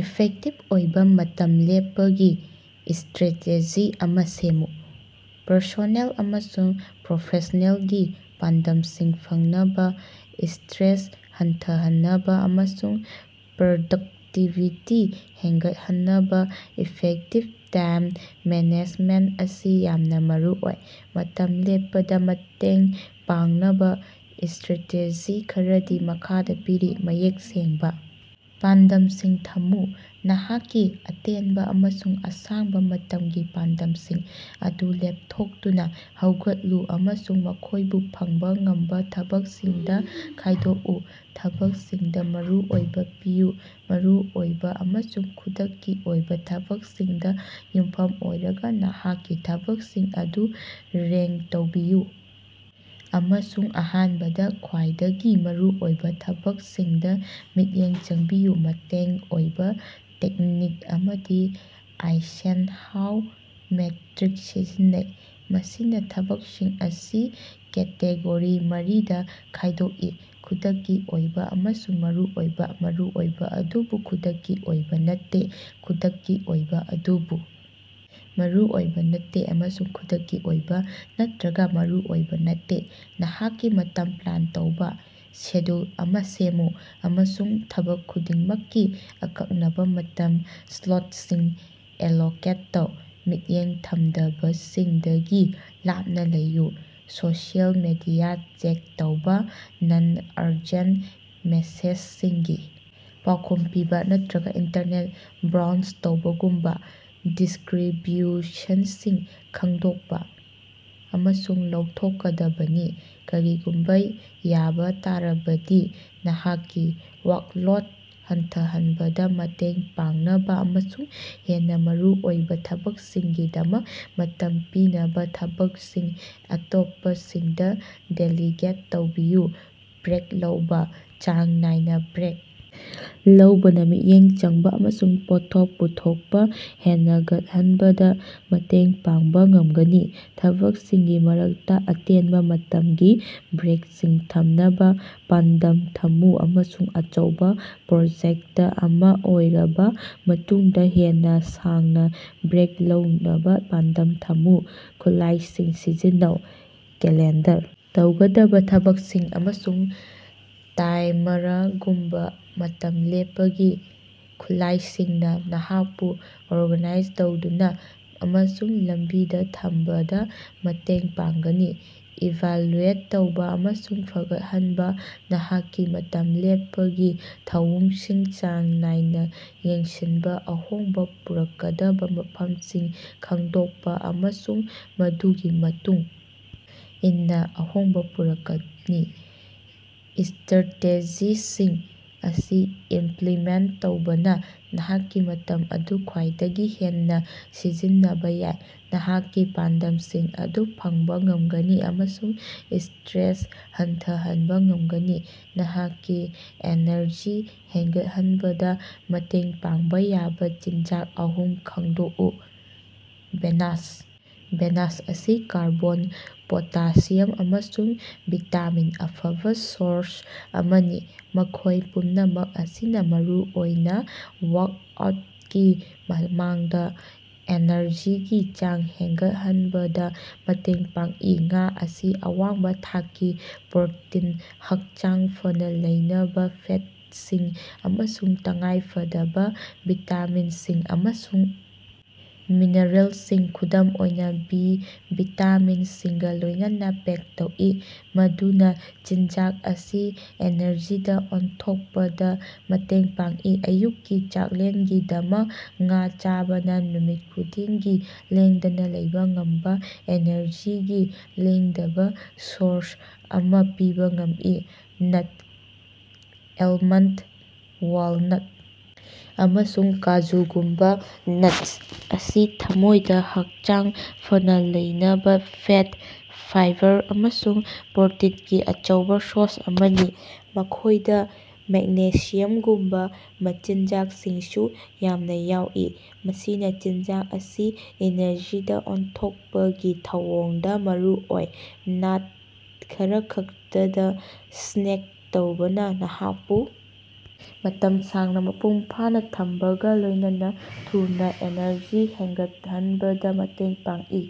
Effective ꯑꯣꯏꯕꯥ ꯃꯇꯝ ꯂꯦꯞꯄꯒꯤ ꯏꯁꯇ꯭ꯔꯦꯇꯦꯖꯤ ꯑꯃꯥ ꯁꯦꯝꯃꯨ꯫ ꯄꯔꯁꯣꯅꯦꯜ ꯑꯃꯁꯨꯡ ꯄ꯭ꯔꯣꯐꯦꯁꯅꯦꯜꯒꯤ ꯄꯥꯟꯗꯝꯁꯤꯡ ꯐꯪꯅꯕꯥ, ꯏꯁꯇ꯭ꯔꯦꯁ ꯍꯟꯊꯍꯟꯅꯕꯥ ꯑꯃꯁꯨꯡ ꯄ꯭ꯔꯗꯛꯇꯤꯕꯤꯇꯤ ꯍꯦꯟꯒꯠꯍꯟꯅꯕꯥ ꯏꯐꯦꯛꯇꯤꯕ ꯇꯥꯏꯝ ꯃꯦꯅꯦꯖꯃꯦꯟꯇ ꯑꯁꯤ ꯌꯥꯝꯅꯥ ꯃꯔꯨꯑꯣꯏ꯫ ꯃꯇꯝ ꯂꯦꯞꯄꯗꯥ ꯃꯇꯦꯡ ꯄꯥꯡꯅꯕꯥ ꯏꯁꯇ꯭ꯔꯦꯇꯦꯖꯤ ꯈꯔꯗꯤ ꯃꯈꯥꯗꯥ ꯄꯤꯔꯤ: ꯃꯌꯦꯛ ꯁꯦꯡꯕꯥ ꯄꯥꯟꯗꯝꯁꯤꯡ ꯊꯝꯃꯨ: ꯅꯍꯥꯛꯀꯤ ꯑꯇꯦꯟꯕꯥ ꯑꯃꯁꯨꯡ ꯑꯁꯥꯡꯕꯥ ꯃꯇꯝꯒꯤ ꯄꯥꯟꯗꯝꯁꯤꯡ ꯑꯗꯨ ꯂꯦꯞꯊꯣꯛꯇꯨꯅꯥ ꯍꯧꯒꯠꯂꯨ ꯑꯃꯁꯨꯡ ꯃꯈꯣꯏꯕꯨ ꯐꯪꯕꯥ ꯉꯝꯕꯥ ꯊꯕꯛꯁꯤꯡꯗꯥ ꯈꯥꯏꯗꯣꯛꯎ꯫ ꯊꯕꯛꯁꯤꯡꯗꯥ ꯃꯔꯨ ꯑꯣꯏꯕꯥ ꯄꯤꯌꯨ: ꯃꯔꯨꯑꯣꯏꯕꯥ ꯑꯃꯁꯨꯡ ꯈꯨꯗꯛꯀꯤ ꯑꯣꯏꯕꯥ ꯊꯕꯛꯁꯤꯡꯗꯥ ꯌꯨꯝꯐꯝ ꯑꯣꯏꯔꯒꯥ ꯅꯍꯥꯛꯀꯤ ꯊꯕꯛꯁꯤꯡ ꯑꯗꯨ ꯔꯦꯡ ꯇꯧꯕꯤꯌꯨ ꯑꯃꯁꯨꯡ ꯑꯍꯥꯟꯕꯗꯥ ꯈ꯭ꯋꯥꯏꯗꯒꯤ ꯃꯔꯨ ꯑꯣꯏꯕꯥ ꯊꯕꯛꯁꯤꯡꯗꯥ ꯃꯤꯠꯌꯦꯡ ꯆꯪꯕꯤꯌꯨ꯫ ꯃꯇꯦꯡ ꯑꯣꯏꯕꯥ ꯇꯦꯛꯅꯤꯛ ꯑꯃꯗꯤ ꯑꯥꯏꯁꯦꯟꯍꯥꯎ ꯃꯦꯇ꯭ꯔꯤꯛ ꯁꯤꯖꯤꯟꯅꯩ, ꯃꯁꯤꯅꯥ ꯊꯕꯛꯁꯤꯡ ꯑꯁꯤ ꯀꯦꯇꯦꯒꯣꯔꯤ ꯃꯔꯤꯗꯥ ꯈꯥꯏꯗꯣꯛꯏ: ꯈꯨꯗꯛꯀꯤ ꯑꯣꯏꯕꯥ ꯑꯃꯁꯨꯡ ꯃꯔꯨꯑꯣꯏꯕꯥ, ꯃꯔꯨꯑꯣꯏꯕꯥ ꯑꯗꯨꯕꯨ ꯈꯨꯗꯛꯀꯤ ꯑꯣꯏꯕꯥ ꯅꯠꯇꯦ, ꯈꯨꯗꯛꯀꯤ ꯑꯣꯏꯕꯥ ꯑꯗꯨꯕꯨ ꯃꯔꯨꯑꯣꯏꯕꯥ ꯅꯠꯇꯦ, ꯑꯃꯁꯨꯡ ꯈꯨꯗꯛꯀꯤ ꯑꯣꯏꯕꯥ ꯅꯠꯔꯒꯥ ꯃꯔꯨꯑꯣꯏꯕꯥ ꯅꯠꯇꯦ꯫ ꯅꯍꯥꯛꯀꯤ ꯃꯇꯝ ꯄ꯭ꯂꯥꯟ ꯇꯧꯕꯥ: ꯁꯦꯗ꯭ꯌꯨꯜ ꯑꯃꯥ ꯁꯦꯝꯃꯨ ꯑꯃꯁꯨꯡ ꯊꯕꯛ ꯈꯨꯗꯤꯡꯃꯛꯀꯤ ꯑꯀꯛꯅꯕꯥ ꯃꯇꯝ ꯁ꯭ꯂꯣꯠꯁꯤꯡ ꯑꯦꯂꯣꯀꯦꯠ ꯇꯧ꯫ ꯃꯤꯠꯌꯦꯡ ꯊꯝꯗꯕꯁꯤꯡꯗꯒꯤ ꯂꯥꯞꯅꯥ ꯂꯩꯌꯨ: ꯁꯣꯁꯤꯑꯦꯜ ꯃꯤꯗꯤꯌꯥ ꯆꯦꯛ ꯇꯧꯕꯥ, ꯅꯟ-ꯑꯔꯖꯦꯟꯇ ꯃꯦꯁꯦꯖꯁꯤꯡꯒꯤ ꯄꯥꯎꯈꯨꯝ ꯄꯤꯕꯥ, ꯅꯠꯇ꯭ꯔꯒꯥ ꯏꯟꯇꯔꯅꯦꯠ ꯕ꯭ꯔꯥꯎꯖ ꯇꯧꯕꯒꯨꯝꯕꯥ ꯗꯤꯁꯀ꯭ꯔꯤꯕ꯭ꯌꯨꯁꯟꯁꯤꯡ ꯈꯪꯗꯣꯛꯄꯥ ꯑꯃꯁꯨꯡ ꯂꯧꯊꯣꯛꯀꯗꯕꯅꯤ꯫ ꯀꯔꯤꯒꯨꯝꯕꯥ ꯌꯥꯕꯥ ꯇꯥꯔꯕꯗꯤ, ꯅꯍꯥꯛꯀꯤ ꯋꯥꯛꯂꯣꯠ ꯍꯟꯊꯍꯟꯕꯗꯥ ꯃꯇꯦꯡ ꯄꯥꯡꯅꯕꯥ ꯑꯃꯁꯨꯡ ꯍꯦꯟꯅꯥ ꯃꯔꯨꯑꯣꯏꯕꯥ ꯊꯕꯛꯁꯤꯡꯒꯤꯗꯃꯛ ꯃꯇꯝ ꯄꯤꯅꯕꯥ ꯊꯕꯛꯁꯤꯡ ꯑꯇꯣꯞꯄꯁꯤꯡꯗꯥ ꯗꯦꯂꯤꯒꯦꯠ ꯇꯧꯕꯤꯌꯨ꯫ ꯕ꯭ꯔꯦꯛ ꯂꯧꯕꯥ: ꯆꯥꯡ ꯅꯥꯏꯅꯥ ꯕ꯭ꯔꯦꯛ ꯂꯧꯕꯅꯥ ꯃꯤꯠꯌꯦꯡ ꯆꯪꯕꯥ ꯑꯃꯁꯨꯡ ꯄꯣꯠꯊꯣꯛ ꯄꯨꯊꯣꯛꯄꯥ ꯍꯦꯟꯅꯒꯠꯍꯟꯕꯗꯥ ꯃꯇꯦꯡ ꯄꯥꯡꯕꯥ ꯉꯝꯒꯅꯤ꯫ ꯊꯕꯛꯁꯤꯡꯒꯤ ꯃꯔꯛꯇꯥ ꯑꯇꯦꯟꯕꯥ ꯃꯇꯝꯒꯤ ꯕ꯭ꯔꯦꯛꯁꯤꯡ ꯊꯝꯅꯕꯥ ꯄꯥꯟꯗꯝ ꯊꯝꯃꯨ ꯑꯃꯁꯨꯡ ꯑꯆꯧꯕꯥ ꯄ꯭ꯔꯣꯖꯦꯛꯇ ꯑꯃꯥ ꯂꯣꯏꯔꯕꯥ ꯃꯇꯨꯡꯗꯥ ꯍꯦꯟꯅꯥ ꯁꯥꯡꯅꯥ ꯕ꯭ꯔꯦꯛ ꯂꯧꯅꯕꯥ ꯄꯥꯟꯗꯝ ꯊꯝꯃꯨ꯫ ꯈꯨꯠꯂꯥꯏꯁꯤꯡ ꯁꯤꯖꯤꯟꯅꯧ: ꯀꯦꯂꯦꯟꯗꯔ, ꯇꯧꯒꯗꯕꯥ ꯊꯕꯛꯁꯤꯡ ꯑꯃꯁꯨꯡ ꯇꯥꯏꯃꯔꯒꯨꯝꯕꯥ ꯃꯇꯝ ꯂꯦꯞꯄꯒꯤ ꯈꯨꯠꯂꯥꯏꯁꯤꯡꯅꯥ ꯅꯍꯥꯛꯄꯨ ꯑꯣꯔꯒꯅꯥꯏꯖ ꯇꯧꯗꯨꯅꯥ ꯑꯃꯁꯨꯡ ꯂꯝꯕꯤꯗꯥ ꯊꯝꯕꯗꯥ ꯃꯇꯦꯡ ꯄꯥꯡꯒꯅꯤ꯫ ꯏꯚꯥꯂꯨꯑꯦꯠ ꯇꯧꯕꯥ ꯑꯃꯁꯨꯡ ꯐꯒꯠꯍꯟꯕꯥ: ꯅꯍꯥꯛꯀꯤ ꯃꯇꯝ ꯂꯦꯞꯄꯒꯤ ꯊꯧꯑꯣꯡꯁꯤꯡ ꯆꯥꯡ ꯅꯥꯏꯅꯥ ꯌꯦꯡꯁꯤꯟꯕꯥ, ꯑꯍꯣꯡꯕꯥ ꯄꯨꯔꯛꯀꯗꯕꯥ ꯃꯐꯝꯁꯤꯡ ꯈꯪꯗꯣꯛꯄꯥ ꯑꯃꯁꯨꯡ ꯃꯗꯨꯒꯤ ꯃꯇꯨꯡ ꯏꯟꯅꯥ ꯑꯍꯣꯡꯕꯥ ꯄꯨꯔꯛꯀꯅꯤ꯫ ꯏꯁꯇ꯭ꯔꯥꯇꯦꯖꯤꯁꯤꯡ ꯑꯁꯤ ꯏꯝꯄ꯭ꯂꯤꯃꯦꯟ ꯇꯧꯕꯅꯥ ꯅꯍꯥꯛꯀꯤ ꯃꯇꯝ ꯑꯗꯨ ꯈ꯭ꯋꯥꯏꯗꯒꯤ ꯍꯦꯟꯅꯥ ꯁꯤꯖꯤꯟꯅꯕꯥ ꯌꯥꯏ, ꯅꯍꯥꯛꯀꯤ ꯄꯥꯟꯗꯝꯁꯤꯡ ꯑꯗꯨ ꯐꯪꯕꯥ ꯉꯝꯒꯅꯤ ꯑꯃꯁꯨꯡ ꯏꯁꯇ꯭ꯔꯦꯁ ꯍꯟꯊꯍꯟꯕꯥ ꯉꯝꯒꯅꯤ꯫ ꯅꯍꯥꯛꯀꯤ ꯑꯦꯅꯔꯖꯤ ꯍꯦꯟꯒꯠꯍꯟꯕꯗꯥ ꯃꯇꯦꯡ ꯄꯥꯡꯕꯥ ꯌꯥꯕꯥ ꯆꯤꯟꯖꯥꯛ ꯑꯍꯨꯝ ꯈꯪꯗꯣꯛꯎ꯫ ꯕꯦꯅꯥꯁ: ꯕꯦꯅꯥꯁ ꯑꯁꯤ ꯀꯥꯔꯕꯣꯟ, ꯄꯣꯇꯥꯁꯤꯌꯝ ꯑꯃꯁꯨꯡ ꯚꯤꯇꯥꯃꯤꯟ ꯑꯐꯕꯥ ꯁꯣꯔꯁ ꯑꯃꯅꯤ, ꯃꯈꯣꯏ ꯄꯨꯝꯅꯃꯛ ꯑꯁꯤꯅꯥ ꯃꯔꯨꯑꯣꯏꯅꯥ ꯋꯥꯛꯑꯥꯎꯇꯀꯤ ꯃꯃꯥꯡꯗꯥ ꯑꯦꯅꯔꯖꯤꯒꯤ ꯆꯥꯡ ꯍꯦꯟꯒꯠꯍꯟꯕꯗꯥ ꯃꯇꯦꯡ ꯄꯥꯡꯏ꯫ ꯉꯥ ꯑꯁꯤ ꯑꯋꯥꯡꯕꯥ ꯊꯥꯛꯀꯤ ꯄ꯭ꯔꯣꯇꯤꯟ, ꯍꯛꯆꯥꯡ ꯐꯅꯥ ꯂꯩꯅꯕꯥ ꯐꯦꯠꯁꯤꯡ ꯑꯃꯁꯨꯡ ꯇꯉꯥꯏꯐꯗꯕꯥ ꯚꯤꯇꯥꯃꯤꯟꯁꯤꯡ ꯑꯃꯁꯨꯡ ꯃꯤꯅꯔꯦꯜꯁꯤꯡ, ꯈꯨꯗꯝ ꯑꯣꯏꯅꯥ ꯕꯤ ꯚꯤꯇꯥꯃꯤꯟꯁꯤꯡꯒꯥ ꯂꯣꯏꯅꯅꯥ ꯄꯦꯛ ꯇꯧꯏ, ꯃꯗꯨꯅꯥ ꯆꯤꯟꯖꯥꯛ ꯑꯁꯤ ꯑꯦꯅꯔꯖꯤꯗꯥ ꯑꯣꯟꯊꯣꯛꯄꯗꯥ ꯃꯇꯦꯡ ꯄꯥꯡꯏ꯫ ꯑꯌꯨꯛꯀꯤ ꯆꯥꯛꯂꯦꯟꯒꯤꯗꯃꯛ ꯉꯥ ꯆꯥꯕꯅꯥ ꯅꯨꯃꯤꯠ ꯈꯨꯗꯤꯡꯒꯤ ꯂꯦꯡꯗꯅꯥ ꯂꯩꯕꯥ ꯉꯝꯕꯥ ꯑꯦꯅꯔꯖꯤꯒꯤ ꯂꯦꯡꯗꯕꯥ ꯁꯣꯔꯁ ꯑꯃꯥ ꯄꯤꯕꯥ ꯉꯝꯃꯤ꯫ ꯅꯠ: ꯑꯦꯜꯃꯟꯗ, ꯋꯥꯜꯅꯠ ꯑꯃꯁꯨꯡ ꯀꯥꯖꯨꯒꯨꯝꯕꯥ ꯅꯠꯁ ꯑꯁꯤ ꯊꯝꯃꯣꯏꯗꯥ ꯍꯛꯆꯥꯡ ꯐꯅꯥ ꯂꯩꯅꯕꯥ ꯐꯦꯠ, ꯐꯥꯏꯕꯔ ꯑꯃꯁꯨꯡ ꯄ꯭ꯔꯣꯇꯤꯟꯒꯤ ꯑꯆꯧꯕꯥ ꯁꯣꯔꯁ ꯑꯃꯅꯤ꯫ ꯃꯈꯣꯏꯗꯥ ꯃꯦꯛꯅꯦꯁꯤꯌꯝꯒꯨꯝꯕꯥ ꯃꯆꯤꯟꯖꯥꯛꯁꯤꯡꯁꯨ ꯌꯥꯝꯅꯥ ꯌꯥꯎꯏ, ꯃꯁꯤꯅꯥ ꯆꯤꯟꯖꯥꯛ ꯑꯁꯤ ꯏꯅꯔꯖꯤꯗꯥ ꯑꯣꯟꯊꯣꯛꯄꯒꯤ ꯊꯧꯑꯣꯡꯗꯥ ꯃꯔꯨ ꯑꯣꯏ꯫ ꯅꯠ ꯈꯔꯈꯛꯇꯗꯥ ꯁ꯭ꯅꯦꯛ ꯇꯧꯕꯅꯥ ꯅꯍꯥꯛꯄꯨ ꯃꯇꯝ ꯁꯥꯡꯅꯥ ꯃꯄꯨꯡ ꯐꯥꯅꯥ ꯊꯝꯕꯒꯥ ꯂꯣꯏꯅꯅꯥ ꯊꯨꯅꯥ ꯑꯦꯅꯔꯖꯤ ꯍꯦꯟꯒꯠꯍꯟꯕꯗꯥ ꯃꯇꯦꯡ ꯄꯥꯡꯏ꯫